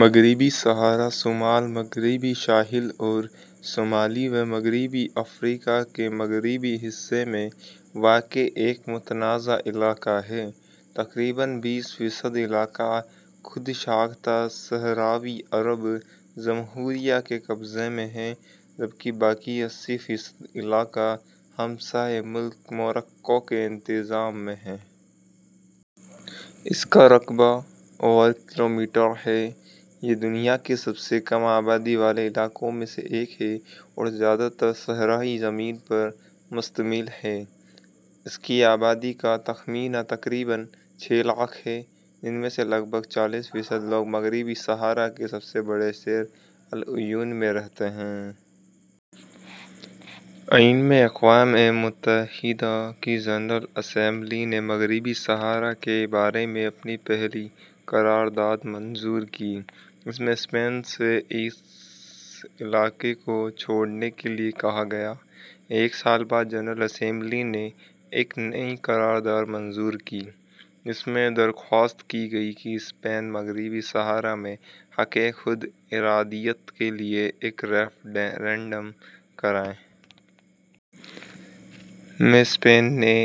مغربی صحارا ، شمال مغربی ساحل اور شمالی اور مغربی افریقہ کے مغرب کے علاقے میں ایک متنازع علاقہ ہے۔ تقریباً فیصد علاقہ خود ساختہ صحراوی عرب جمہوری جمہوریہ کے زیر قابو ہے، جب کہ بقیہ فیصد علاقہ ہمسایہ ملک مراکش کے زیر انتظام ہے۔ اس کا رقبہ مربع کلومیٹر ہے۔ یہ دنیا کے سب سے کم آبادی والے علاقوں میں سے ایک ہے ، بنیادی طور پر صحرائی زمینوں پر مشتمل ہے۔ آبادی کا تخمینہ تقریباً ہے، جس میں سے تقریباً فیصد مغربی صحارا کے سب سے بڑے شہر العیون میں رہتے ہیں۔ ء میں، اقوام متحدہ کی جنرل اسمبلی نے مغربی صحارا کے بارے میں اپنی پہلی قرارداد منظور کی، جس میں اسپین سے اس علاقے کو چھوڑنے کے لیے کہا گیا۔ ایک سال بعد، جنرل اسمبلی کی طرف سے ایک نئی قرارداد منظور کی گئی جس میں استدعا کی گئی کہ اسپین میں حق خود ارادیت پر ریفرنڈم کرایا جائے۔ میں، اسپین نے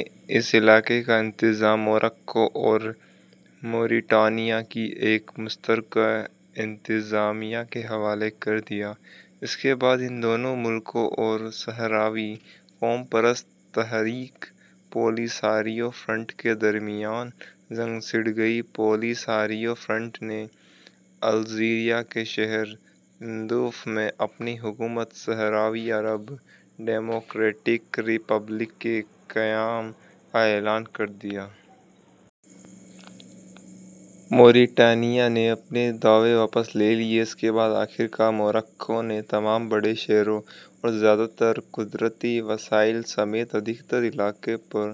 علاقہ کا انتظام مراکش اور موریطانیہ کی ایک مشترکہ انتظامیہ کے حوالے کر دیا۔ ان ممالک اور صحراوی قوم پرست تحریک، پولیساریو فرنٹ کے درمیان جنگ چھڑ گئی، جس نے الجزائر کے شہر تندوف میں اپنی حکومت صحراوی عرب ڈیموکریٹک ریپبلک کا اعلامیہ جاری کر دیا۔ موریطانیہ نے سنہ ء میں اپنے دعوے واپس لے لیے اور بالآخر مراکش نے تمام بڑے شہروں اور زیادہ تر قدرتی وسائل سمیت بیشتر علاقے پر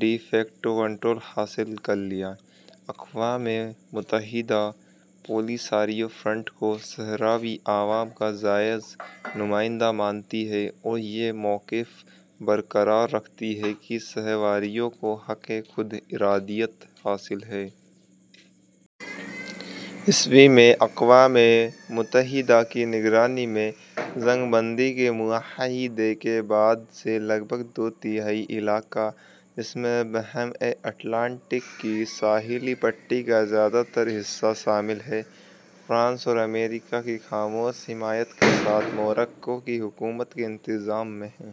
ڈی فیکٹو کنٹرول حاصل کر لیا۔ اقوام متحدہ پولیساریو فرنٹ کو صحراوی عوام کا جائز نمائندہ سمجھتی ہے اور اس بات کو برقرار رکھتی ہے کہ صحرائیوں کو حق خود ارادیت حاصل ہے۔ ء میں اقوام متحدہ کے زیر اہتمام جنگ بندی کے معاہدے کے بعد سے، دو تہائی علاقہ، بشمول بحر اوقیانوس کی ساحلی پٹی کا بیشتر حصہ، فرانس اور ریاستہائے متحدہ کی خاموش حمایت کے ساتھ، مراکش کی حکومت کے زیر انتظام ہے۔